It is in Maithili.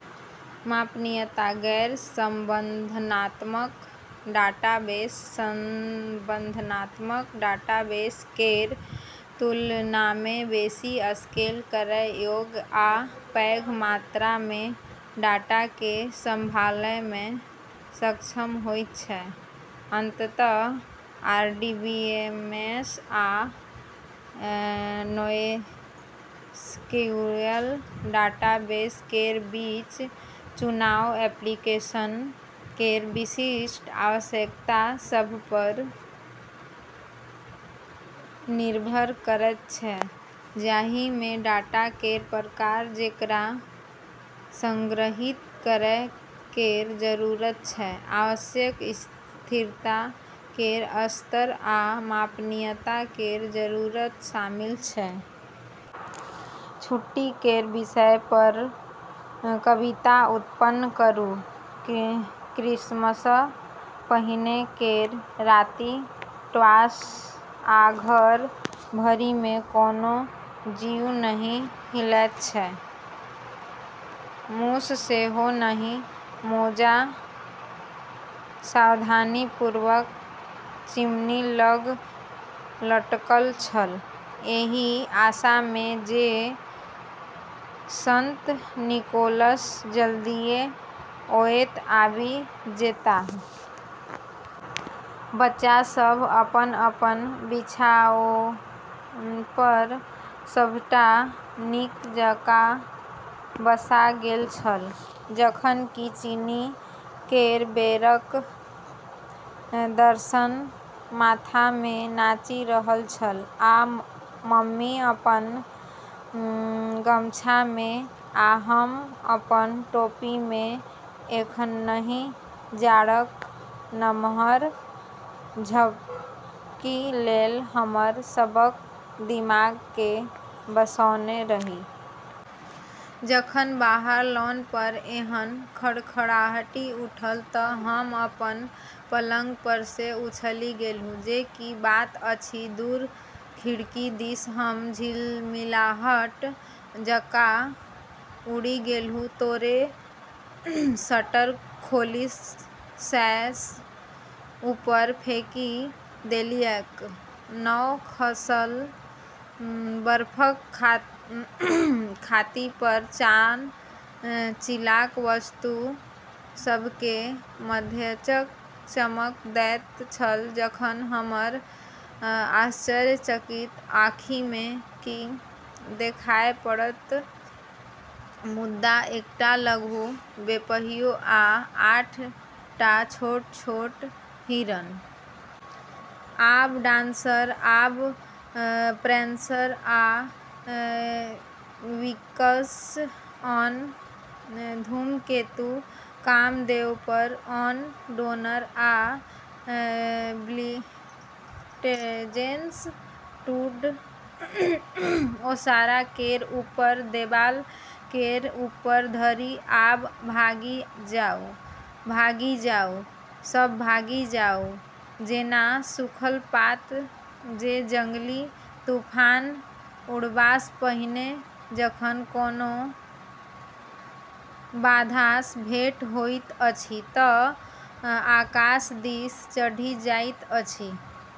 मापनीयता: गैर-संबंधात्मक डाटाबेस संबंधात्मक डाटाबेस केर तुलनामे बेसी स्केल करै योग्य आ पैघ मात्रामे डाटाकेँ सँभालैमे सक्षम होइत छै। अंततः, आरडीबीएमएस आ नोएसक्यूएल डाटाबेस केर बीच चुनाव एप्लीकेशन केर विशिष्ट आवश्यकता सभपर निर्भर करैत छै, जाहिमे डाटा केर प्रकार जेकरा संग्रहीत करै केर जरूरत छै, आवश्यक स्थिरता केर स्तर, आ मापनीयता केर जरूरत शामिल छै। छुट्टी केर विषयपर कविता उत्पन्न करू। 'क्रिसमससँ पहिने केर राति ट्वास, आ घर भरिमे, कोनो जीव नहि हिलैत छल, मूस सेहो नहि। ' मोजा सावधानीपूर्वक चिमनी लग लटकल छल, एहि आशामे जे संत निकोलस जल्दिये ओतए आबि जेताह। बच्चा सभ अपन-अपन बिछाओनपर सभटा नीक जकाँ बसा गेल छल, जखन कि चीनी केर बेरक दर्शन माथमे नाचि रहल छल। आ मम्मी अपन गमछामे, आ हम अपन टोपीमे, एखनहि जाड़क नमहर झपकी लेल हमर सभक दिमागकेँ बसौने रही। जखन बाहर लॉनपर एहन खड़खड़ाहटि उठल तऽ हम अपन पलंगपरसँ उछलि गेलहुँ जे की बात अछि। दूर खिड़की दिस हम झिलमिलाहट जकाँ उड़ि गेलहुँ, तोरे शटर खोलि सैश ऊपर फेकि देलियैक। नव-खसल बर्फक छातीपर चान नीचाँक वस्तु सभकेँ मध्याह्नक चमक दैत छल जखन, हमर आश्चर्यचकित आँखिमे की देखाय पड़त, मुदा एकटा लघु बेपहियों आ आठ टा छोट-छोट हिरन। आब डांसर! आब, प्रैन्सर आ विक्सन! ऑन, धूमकेतु! कामदेवपर! ऑन, डोनर आ ब्लिट्जेन! To the. " ओसारा केर ऊपर! देबाल केर ऊपर धरि! आब भागि जाउ! भागि जाउ! सब भागि जाउ! " जेना सूखल पात जे जंगली तूफान उड़बासँ पहिने, जखन कोनो बाधासँ भेट होइत अछि तँ आकाश दिस चढ़ि जाइत अछि।